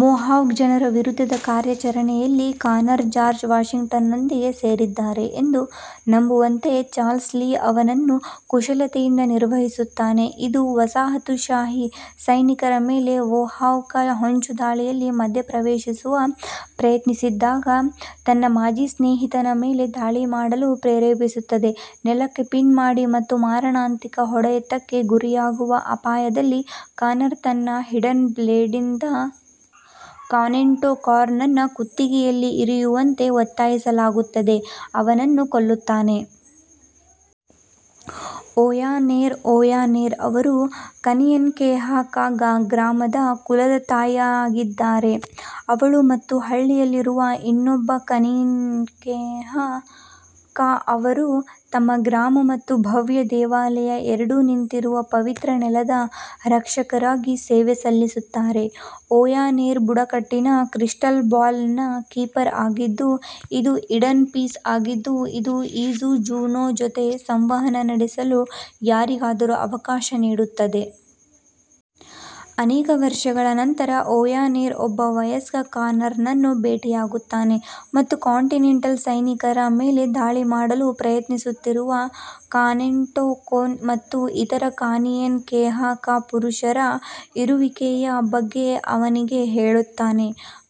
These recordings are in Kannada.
ಮೊಹಾವ್ಕ್ ಜನರ ವಿರುದ್ಧದ ಕಾರ್ಯಾಚರಣೆಯಲ್ಲಿ ಕಾನರ್ ಜಾರ್ಜ್ ವಾಷಿಂಗ್ಟನ್ನೊಂದಿಗೆ ಸೇರಿದ್ದಾನೆ ಎಂದು ನಂಬುವಂತೆ ಚಾರ್ಲ್ಸ್ ಲೀ ಅವನನ್ನು ಕುಶಲತೆಯಿಂದ ನಿರ್ವಹಿಸುತ್ತಾನೆ, ಇದು ವಸಾಹತುಶಾಹಿ ಸೈನಿಕರ ಮೇಲೆ ಮೊಹಾವ್ಕ್ ಹೊಂಚುದಾಳಿಯಲ್ಲಿ ಮಧ್ಯಪ್ರವೇಶಿಸಲು ಪ್ರಯತ್ನಿಸಿದಾಗ ತನ್ನ ಮಾಜಿ ಸ್ನೇಹಿತನ ಮೇಲೆ ದಾಳಿ ಮಾಡಲು ಪ್ರೇರೇಪಿಸುತ್ತದೆ. ನೆಲಕ್ಕೆ ಪಿನ್ ಮಾಡಿ ಮತ್ತು ಮಾರಣಾಂತಿಕ ಹೊಡೆತಕ್ಕೆ ಗುರಿಯಾಗುವ ಅಪಾಯದಲ್ಲಿ, ಕಾನರ್ ತನ್ನ ಹಿಡನ್ ಬ್ಲೇಡ್ನಿಂದ ಕಾನೆನ್ಟೋ ಕಾನ್ರನ್ನು ಕುತ್ತಿಗೆಯಲ್ಲಿ ಇರಿಯುವಂತೆ ಒತ್ತಾಯಿಸಲಾಗುತ್ತದೆ, ಅವನನ್ನು ಕೊಲ್ಲುತ್ತಾನೆ. ಓಯಾ ನೆರ್ ಓಯಾ ನೆರ್ ಅವರು ಕನಿಯೆನ್ ಕೆಹಾಃ ಕಾ ಗ್ರಾಮದ ಕುಲದ ತಾಯಿಯಾಗಿದ್ದಾರೆ. ಅವಳು ಮತ್ತು ಹಳ್ಳಿಯಲ್ಲಿರುವ ಇನ್ನೊಬ್ಬ ಕನಿನ್ಖೇಹಾಃ ಕಾ ಅವರು ತಮ್ಮ ಗ್ರಾಮ ಮತ್ತು ಭವ್ಯ ದೇವಾಲಯ ಎರಡೂ ನಿಂತಿರುವ ಪವಿತ್ರ ನೆಲದ ರಕ್ಷಕರಾಗಿ ಸೇವೆ ಸಲ್ಲಿಸುತ್ತಾರೆ. ಓಯಾ ನೆರ್ ಬುಡಕಟ್ಟಿನ "ಕ್ರಿಸ್ಟಲ್ ಬಾಲ್" ನ ಕೀಪರ್ ಆಗಿದ್ದು, ಇದು ಈಡನ್ ಪೀಸ್ ಆಗಿದ್ದು, ಇದು ಇಸು ಜುನೋ ಜೊತೆ ಸಂವಹನ ನಡೆಸಲು ಯಾರಿಗಾದರೂ ಅವಕಾಶ ನೀಡುತ್ತದೆ. ಅನೇಕ ವರ್ಷಗಳ ನಂತರ, ಓಯಾ ನೆರ್ ಒಬ್ಬ ವಯಸ್ಕ ಕಾನರ್ನನ್ನು ಭೇಟಿಯಾಗುತ್ತಾನೆ ಮತ್ತು ಕಾಂಟಿನೆಂಟಲ್ ಸೈನಿಕರ ಮೇಲೆ ದಾಳಿ ಮಾಡಲು ಪ್ರಯತ್ನಿಸುತ್ತಿರುವ ಕಾನೆನ್ಟೋ ಕೋನ್ ಮತ್ತು ಇತರ ಕಾನಿಯೆನ್ ಕೆಹಾಃ ಕಾ ಪುರುಷರ ಇರುವಿಕೆಯ ಬಗ್ಗೆ ಅವನಿಗೆ ಹೇಳುತ್ತಾನೆ.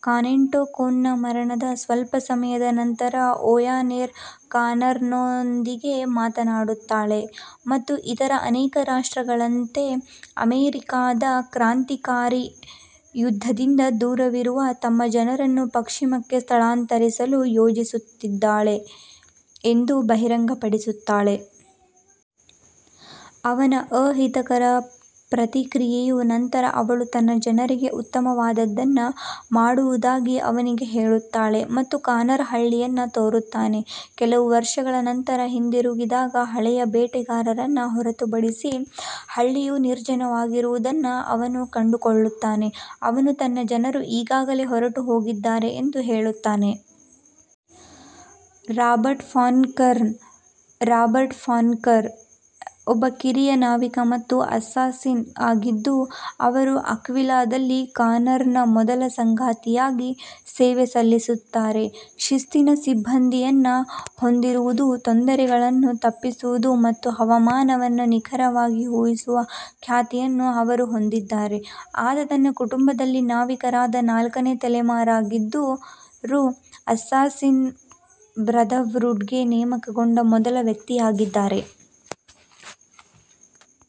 ಕಾನೆಂಟೋ ಕೋನ್ನ ಮರಣದ ಸ್ವಲ್ಪ ಸಮಯದ ನಂತರ, ಓಯಾ ನೆರ್ ಕಾನರ್ನೊಂದಿಗೆ ಮಾತನಾಡುತ್ತಾಳೆ ಮತ್ತು ಇತರ ಅನೇಕ ರಾಷ್ಟ್ರಗಳಂತೆ, ಅಮೆರಿಕಾದ ಕ್ರಾಂತಿಕಾರಿ ಯುದ್ಧದಿಂದ ದೂರವಿರುವ ತಮ್ಮ ಜನರನ್ನು ಪಶ್ಚಿಮಕ್ಕೆ ಸ್ಥಳಾಂತರಿಸಲು ಯೋಜಿಸುತ್ತಿದ್ದಾಳೆ ಎಂದು ಬಹಿರಂಗಪಡಿಸುತ್ತಾಳೆ. ಅವನ ಅಹಿತಕರ ಪ್ರತಿಕ್ರಿಯೆಯ ನಂತರ, ಅವಳು ತನ್ನ ಜನರಿಗೆ ಉತ್ತಮವಾದದ್ದನ್ನು ಮಾಡುವುದಾಗಿ ಅವನಿಗೆ ಹೇಳುತ್ತಾಳೆ ಮತ್ತು ಕಾನರ್ ಹಳ್ಳಿಯನ್ನು ತೊರೆಯುತ್ತಾನೆ. ಕೆಲವು ವರ್ಷಗಳ ನಂತರ ಹಿಂದಿರುಗಿದಾಗ, ಹಳೆಯ ಬೇಟೆಗಾರನನ್ನು ಹೊರತುಪಡಿಸಿ ಹಳ್ಳಿಯು ನಿರ್ಜನವಾಗಿರುವುದನ್ನು ಅವನು ಕಂಡುಕೊಳ್ಳುತ್ತಾನೆ, ಅವನು ತನ್ನ ಜನರು ಈಗಾಗಲೇ ಹೊರಟುಹೋಗಿದ್ದಾರೆ ಎಂದು ಹೇಳುತ್ತಾನೆ. ರಾಬರ್ಟ್ ಫಾಕ್ನರ್ ರಾಬರ್ಟ್ ಫಾಕ್ನರ್ ಒಬ್ಬ ಹಿರಿಯ ನಾವಿಕ ಮತ್ತು ಅಸ್ಸಾಸಿನ್ ಆಗಿದ್ದು, ಅವರು ಅಕ್ವಿಲಾದಲ್ಲಿ ಕಾನರ್ನ ಮೊದಲ ಸಂಗಾತಿಯಾಗಿ ಸೇವೆ ಸಲ್ಲಿಸುತ್ತಾರೆ. ಶಿಸ್ತಿನ ಸಿಬ್ಬಂದಿಯನ್ನು ಹೊಂದಿರುವುದು, ತೊಂದರೆಗಳನ್ನು ತಪ್ಪಿಸುವುದು ಮತ್ತು ಹವಾಮಾನವನ್ನು ನಿಖರವಾಗಿ ಊಹಿಸುವ ಖ್ಯಾತಿಯನ್ನು ಅವರು ಹೊಂದಿದ್ದಾರೆ. ಆತ ತನ್ನ ಕುಟುಂಬದಲ್ಲಿ ನಾವಿಕರಾದ ನಾಲ್ಕನೇ ತಲೆಮಾರಾಗಿದ್ದರೂ, ಅಸ್ಸಾಸಿನ್ ಬ್ರದರ್ಹುಡ್ಗೆ ನೇಮಕಗೊಂಡ ಮೊದಲ ವ್ಯಕ್ತಿಯಾಗಿದ್ದಾರೆ.